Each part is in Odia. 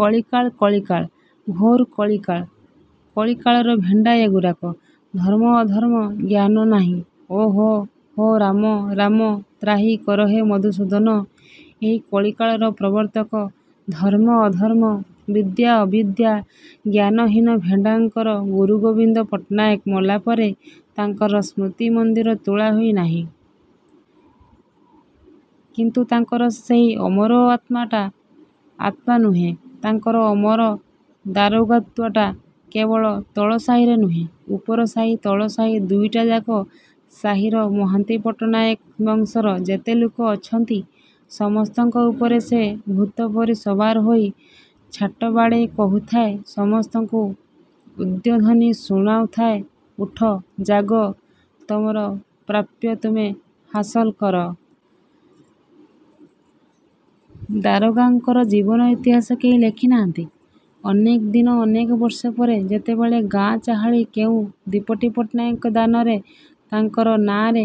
କଳିକାଳ କଳିକାଳ ଘୋର କଳିକାଳ କଳିକାଳର ଭେଣ୍ଡା ଏ ଗୁରାକ। ଧର୍ମ ଅଧର୍ମ ଜ୍ଞାନ ନାହିଁ ଓ ହୋ ହୋ ରାମ, ରାମ, ତ୍ରାହି କର ହେ ମଧୁସୂଦନ । ଏହି କଳିକାଳର ପ୍ରବର୍ତ୍ତକ, ଧର୍ମ ଅଧର୍ମ, ବିଦ୍ୟା ଅବିଦ୍ୟା, ଜ୍ଞାନହୀନ ଭେଣ୍ଡାଙ୍କର ଗୁରୁ ଗୋବିନ୍ଦ ପଟ୍ଟନାୟକ ମଲା ପରେ ତାଙ୍କର ସ୍ମୃତି ମନ୍ଦିର ତୋଳା ହୋଇ ନାହିଁ। କିନ୍ତୁ ତାଙ୍କର ସେଇ ଅମର ଆତ୍ମାଟା, ଆତ୍ମା ନୁହେଁ ତାଙ୍କର ଅମର ଦାରୋଗାତ୍ୱଟା କେବଳ ତଳ ସାହିରେ ନୁହେଁ, ଉପର ସାହି ତଳସାହି ଦୁଇଟାଯାକ ସାହିର ମହାନ୍ତି ପଟ୍ଟନାୟକ ବଂଶର ଯେତେ ଲୋକ ଅଛନ୍ତି ସମସ୍ତଙ୍କ ଉପରେ ସେ ଭୂତପରି ସବାର ହୋଇ ଛାଟ ବାଡ଼େଇ କହୁଥାଏ ସମସ୍ତଙ୍କୁ ଉଦ୍ବୋଧନୀ ଶୁଣାଉଥାଏ ଉଠ, ଜାଗ, ତମର ପ୍ରାପ୍ୟ ତମେ ହାସଲ କର! ଦାରୋଗାଙ୍କର ଜୀବନ ଇତିହାସ କେହି ଲେଖି ନାହାନ୍ତି। ଅନେକ ଦିନ ଅନେକ ବର୍ଷ ପରେ ଯେତେବେଳେ ଗାଁ ଚାହାଳି କେଉଁ ଦିପଟି ପଟ୍ଟନାୟକଙ୍କ ଦାନରେ ତାଙ୍କର ନାଆଁରେ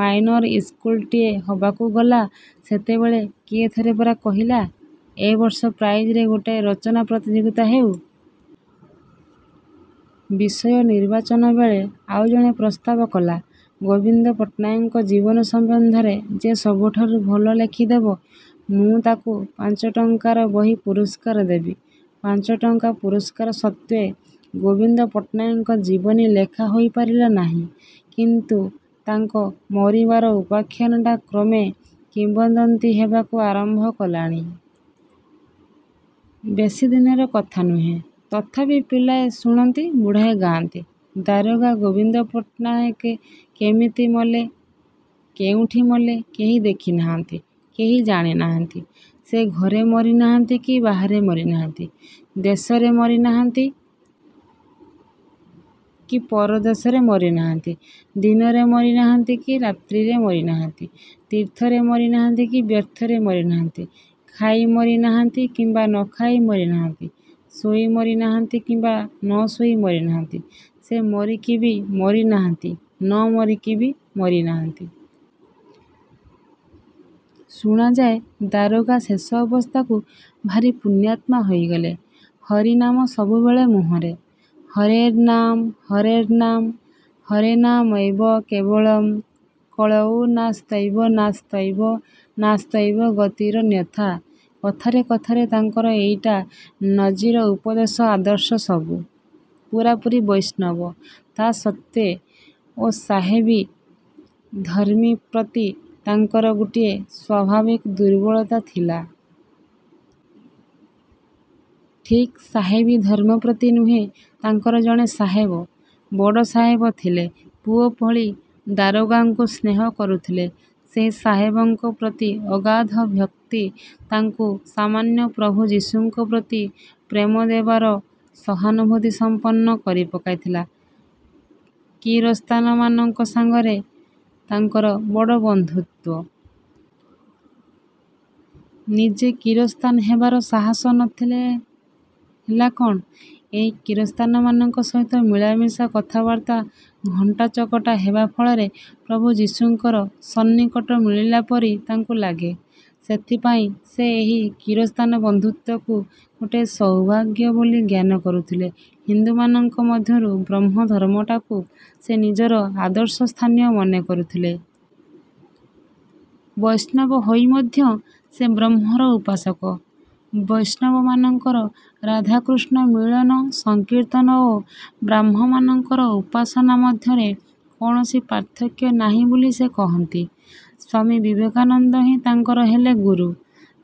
ମାଇନର ଇସ୍କୁଲଟିଏ ହବାକୁ ଗଲା ସେତେବେଳେ କିଏ ଥରେ ପରା କହିଲା, ଏ ବର୍ଷ ପ୍ରାଇଜରେ ଗୋଟାଏ ରଚନା ପ୍ରତିଯୋଗୀତା ହେଉ। ବିଷୟ ନିର୍ବାଚନବେଳେ ଆଉ ଜଣେ ପ୍ରସ୍ତାବ କଲା, ଗୋବିନ୍ଦ ପଟ୍ଟନାୟକଙ୍କ ଜୀବନ ସମ୍ବନ୍ଧରେ ଯେ ସବୁଠାରୁ ଭଲ ଲେଖିଦେବ, ମୁଁ ତାକୁ ପାଞ୍ଚଟଙ୍କାର ବହି ପୁରସ୍କାର ଦେବି। ପାଞ୍ଚଟଙ୍କା ପୁରସ୍କାର ସତ୍ତ୍ୱେ ଗୋବିନ୍ଦ ପଟ୍ଟନାୟକଙ୍କ ଜୀବନୀ ଲେଖା ହୋଇ ପାରିଲା ନାହିଁ। କିନ୍ତୁ ତାଙ୍କ ମରିବାର ଉପାଖ୍ୟାନଟା କ୍ରମେ କିମ୍ବଦନ୍ତୀ ହେବାକୁ ଆରମ୍ଭ କଲାଣି। ବେଶି ଦିନର କଥା ନୁହେଁ। ତଥାପି ପିଲାଏ ଶୁଣନ୍ତି ବୁଢ଼ାଏ ଗାଆନ୍ତି। ଦାରୋଗା ଗୋବିନ୍ଦ ପଟ୍ଟନାହାକେ କେମିତି ମଲେ। କେଉଁଠି ମଲେ କେହି ଦେଖି ନାହାନ୍ତି, କେହି ଜାଣି ନାହାନ୍ତି। ସେ ଘରେ ମରି ନାହାନ୍ତି କି ବାହାରେ ମରି ନାହାନ୍ତି, ଦେଶରେ ମରି ନାହାନ୍ତି କି ପର ଦେଶରେ ମରି ନାହାନ୍ତି, ଦିନରେ ମରି ନାହାନ୍ତି କି ରାତ୍ରିରେ ମରି ନାହାନ୍ତି, ତୀର୍ଥରେ ମରି ନାହାନ୍ତି କି ବ୍ୟର୍ଥରେ ମରିନାହାନ୍ତି, ଖାଇ ମରି ନାହାନ୍ତି, କିମ୍ବା ନ ଖାଇ ମରି ନାହାନ୍ତି, ଶୋଇ ମରି ନାହାନ୍ତି କିମ୍ବା ନ ଶୋଇ ମରି ନାହାନ୍ତି, ସେ ମରିକିବି ମରି ନାହାନ୍ତି ନ ମରିକିବି ମରି ନାହାନ୍ତି। ଶୁଣାଯାଏ ଦାରୋଗା ଶେଷ ଅବସ୍ଥାକୁ ଭାରି ପୁଣ୍ୟାତ୍ମା ହୋଇଗଲେ। ହରିନାମ ସବୁବେଳେ ମୁହଁରେ। ହରେର୍ନାମ ହରେର୍ନାମ ହରେନାମୈବ କେବଳମ୍, କଳୌ ନାସ୍ତୈବ ନାସ୍ତୈବ ନାସ୍ତୈବ ଗତିରନ୍ୟଥା, କଥାରେ କଥାରେ ତାଙ୍କର ଏଇଟା ନଜିର, ଉପଦେଶ, ଆଦର୍ଶ ସବୁ। ପୂରାପୂରି ବୈଷ୍ଣବ। ତା ସତ୍ତ୍ୱେ ଓ ସାହେବୀ ଧର୍ମ ପ୍ରତି ତାଙ୍କର ଟିକିଏ ସ୍ୱାଭାବିକ ଦୁର୍ବଳତା ଥିଲା। ଠିକ୍ ସାହେବୀ ଧର୍ମ ପ୍ରତି ନୁହେଁ ତାଙ୍କର ଜଣେ ସାହେବ, ବଡ଼ ସାହେବ ଥିଲେ, ପୁଅ ଭଳି ଦାରୋଗାଙ୍କୁ ସ୍ନେହ କରୁଥିଲେ, ସେହି ସାହେବଙ୍କ ପ୍ରତି ଅଗାଧ ଭକ୍ତି ତାଙ୍କୁ ସାମାନ୍ୟ ପ୍ରଭୁ ଯିଶୁଙ୍କ ପ୍ରତି ପ୍ରେମ ଦେବାର ସହାନୁଭୂତିସମ୍ପନ୍ନ କରି ପକାଇଥିଲା। କିରସ୍ତାନମାନଙ୍କ ସାଙ୍ଗରେ ତାଙ୍କର ବଡ଼ ବନ୍ଧୁତ୍ୱ। ନିଜେ କିରସ୍ତାନ ହେବାର ସାହସ ନଥିଲେ ହେଲା କଣ, ଏଇ କିରସ୍ତାନମାନଙ୍କ ସହିତ ମିଳାମିଶା କଥାବାର୍ତ୍ତା ଘଣ୍ଟାଚକଟା ହେବା ଫଳରେ ପ୍ରଭୁ ଯିଶୁଙ୍କର ସନ୍ନିକଟ ମିଳିଲା ପରି ତାଙ୍କୁ ଲାଗେ। ସେଥିପାଇଁ ସେ ଏଇ କିରସ୍ତାନ ବନ୍ଧୁତ୍ୱକୁ ଗୋଟାଏ ସୌଭାଗ୍ୟ ବୋଲି ଜ୍ଞାନ କରୁଥିଲେ। ହିନ୍ଦୁମାନଙ୍କ ମଧ୍ୟରୁ ବ୍ରହ୍ମ ଧର୍ମଟାକୁ ସେ ନିଜର ଆଦର୍ଶସ୍ଥାନୀୟ ମନେ କରୁଥିଲେ। ବୈଷ୍ଣବ ହୋଇ ମଧ୍ୟ ସେ ବ୍ରହ୍ମର ଉପାସକ। ବୈଷ୍ଣବମାନଙ୍କର ରାଧାକୃଷ୍ଣ ମିଳନ ସଂକୀର୍ତ୍ତନ ଓ ବ୍ରାହ୍ମମାନଙ୍କର ଉପାସନା ମଧ୍ୟରେ କୌଣସି ପାର୍ଥକ୍ୟ ନାହିଁ ବୋଲି ସେ କହନ୍ତି। ସ୍ୱାମୀ ବିବେକାନନ୍ଦହିଁ ତାଙ୍କର ହେଲେ ଗୁରୁ।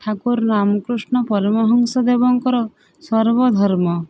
ଠାକୁର ରାମକୃଷ୍ଣ ପରମହଂସ ଦେବଙ୍କର ସର୍ବ ଧର୍ମ